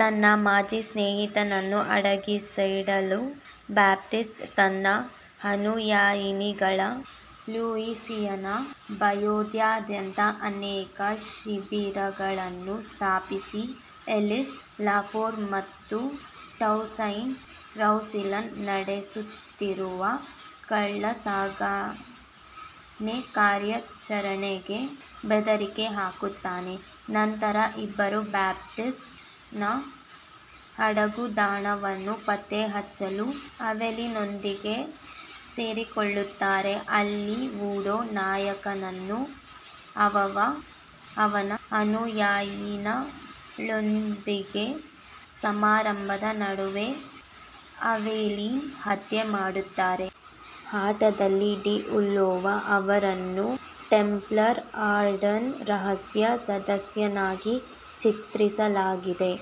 ತನ್ನ ಮಾಜಿ ಸ್ನೇಹಿತನನ್ನು ಅಡಗಿಸಿಡಲು, ಬ್ಯಾಪ್ಟಿಸ್ಟ್ ತನ್ನ ಅನುಯಾಯಿಗಳು ಲೂಯಿಸಿಯಾನ ಬಯೌದಾದ್ಯಂತ ಅನೇಕ ಶಿಬಿರಗಳನ್ನು ಸ್ಥಾಪಿಸಿ, ಎಲಿಸ್ ಲಾಫ್ಲೂರ್ ಮತ್ತು ಟೌಸೈಂಟ್ ರೌಸಿಲ್ಲನ್ ನಡೆಸುತ್ತಿರುವ ಕಳ್ಳಸಾಗಣೆ ಕಾರ್ಯಾಚರಣೆಗೆ ಬೆದರಿಕೆ ಹಾಕುತ್ತಾನೆ. ನಂತರ ಇಬ್ಬರೂ ಬ್ಯಾಪ್ಟಿಸ್ಟ್ನ ಅಡಗುದಾಣವನ್ನು ಪತ್ತೆಹಚ್ಚಲು ಅವೆಲೀನ್ನೊಂದಿಗೆ ಸೇರಿಕೊಳ್ಳುತ್ತಾರೆ, ಅಲ್ಲಿ ವೂಡೂ ನಾಯಕನನ್ನು ಅವನ ಅನುಯಾಯಿಗಳೊಂದಿಗೆ ಸಮಾರಂಭದ ನಡುವೆ ಅವೆಲೀನ್ ಹತ್ಯೆ ಮಾಡುತ್ತಾನೆ. ಆಟದಲ್ಲಿ, ಡಿ ಉಲ್ಲೋವಾ ಅವರನ್ನು ಟೆಂಪ್ಲರ್ ಆರ್ಡರ್ನ ರಹಸ್ಯ ಸದಸ್ಯನಾಗಿ ಚಿತ್ರಿಸಲಾಗಿದೆ,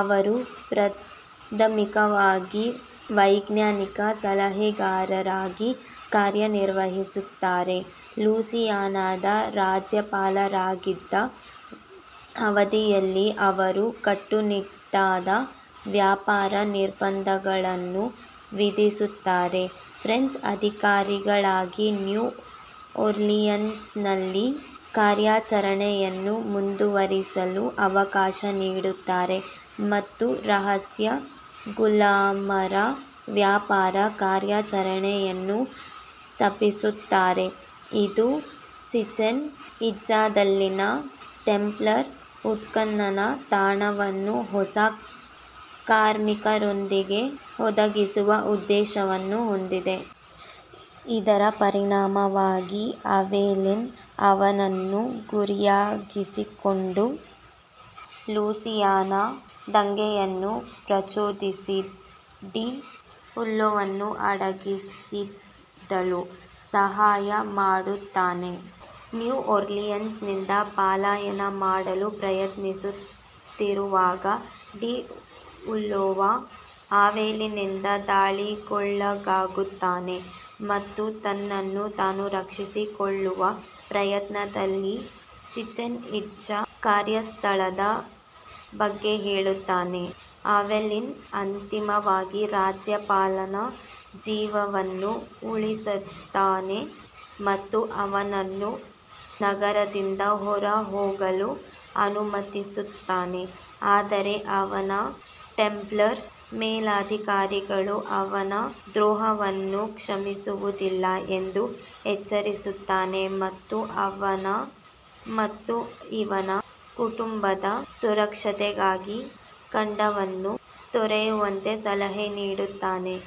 ಅವರು ಪ್ರಾಥಮಿಕವಾಗಿ ವೈಜ್ಞಾನಿಕ ಸಲಹೆಗಾರರಾಗಿ ಕಾರ್ಯನಿರ್ವಹಿಸುತ್ತಾರೆ. ಲೂಯಿಸಿಯಾನದ ರಾಜ್ಯಪಾಲರಾಗಿದ್ದ ಅವಧಿಯಲ್ಲಿ, ಅವರು ಕಟ್ಟುನಿಟ್ಟಾದ ವ್ಯಾಪಾರ ನಿರ್ಬಂಧಗಳನ್ನು ವಿಧಿಸುತ್ತಾರೆ, ಫ್ರೆಂಚ್ ಅಧಿಕಾರಿಗಳಿಗೆ ನ್ಯೂ ಓರ್ಲಿಯನ್ಸ್ನಲ್ಲಿ ಕಾರ್ಯಾಚರಣೆಯನ್ನು ಮುಂದುವರಿಸಲು ಅವಕಾಶ ನೀಡುತ್ತಾರೆ ಮತ್ತು ರಹಸ್ಯ ಗುಲಾಮರ-ವ್ಯಾಪಾರ ಕಾರ್ಯಾಚರಣೆಯನ್ನು ಸ್ಥಾಪಿಸುತ್ತಾರೆ, ಇದು ಚಿಚೆನ್ ಇಟ್ಜಾದಲ್ಲಿನ ಟೆಂಪ್ಲರ್ ಉತ್ಖನನ ತಾಣವನ್ನು ಹೊಸ ಕಾರ್ಮಿಕರೊಂದಿಗೆ ಒದಗಿಸುವ ಉದ್ದೇಶವನ್ನು ಹೊಂದಿದೆ. ಇದರ ಪರಿಣಾಮವಾಗಿ, ಅವೆಲೀನ್ ಅವನನ್ನು ಗುರಿಯಾಗಿಸಿಕೊಂಡು, ಲೂಯಿಸಿಯಾನ ದಂಗೆಯನ್ನು ಪ್ರಚೋದಿಸಿ ಡಿ ಉಲ್ಲೋವನ್ನು ಅಡಗಿಸಿಡಲು ಸಹಾಯ ಮಾಡುತ್ತಾನೆ. ನ್ಯೂ ಓರ್ಲಿಯನ್ಸ್ನಿಂದ ಪಲಾಯನ ಮಾಡಲು ಪ್ರಯತ್ನಿಸುತ್ತಿರುವಾಗ, ಡಿ ಉಲ್ಲೋವಾ ಅವೆಲೀನ್ನಿಂದ ದಾಳಿಗೊಳಗಾಗುತ್ತಾನೆ ಮತ್ತು ತನ್ನನ್ನು ತಾನು ರಕ್ಷಿಸಿಕೊಳ್ಳುವ ಪ್ರಯತ್ನದಲ್ಲಿ ಚಿಚೆನ್ ಇಟ್ಜಾ ಕಾರ್ಯಸ್ಥಳದ ಬಗ್ಗೆ ಹೇಳುತ್ತಾನೆ. ಅವೆಲಿನ್ ಅಂತಿಮವಾಗಿ ರಾಜ್ಯಪಾಲನ ಜೀವವನ್ನು ಉಳಿಸುತ್ತಾನೆ ಮತ್ತು ಅವನನ್ನು ನಗರದಿಂದ ಹೊರಹೋಗಲು ಅನುಮತಿಸುತ್ತಾನೆ, ಆದರೆ ಅವನ ಟೆಂಪ್ಲರ್ ಮೇಲಧಿಕಾರಿಗಳು ಅವನ ದ್ರೋಹವನ್ನು ಕ್ಷಮಿಸುವುದಿಲ್ಲ ಎಂದು ಎಚ್ಚರಿಸುತ್ತಾನೆ ಮತ್ತು ಅವನ ಮತ್ತು ಅವನ ಕುಟುಂಬದ ಸುರಕ್ಷತೆಗಾಗಿ ಖಂಡವನ್ನು ತೊರೆಯುವಂತೆ ಸಲಹೆ ನೀಡುತ್ತಾನೆ.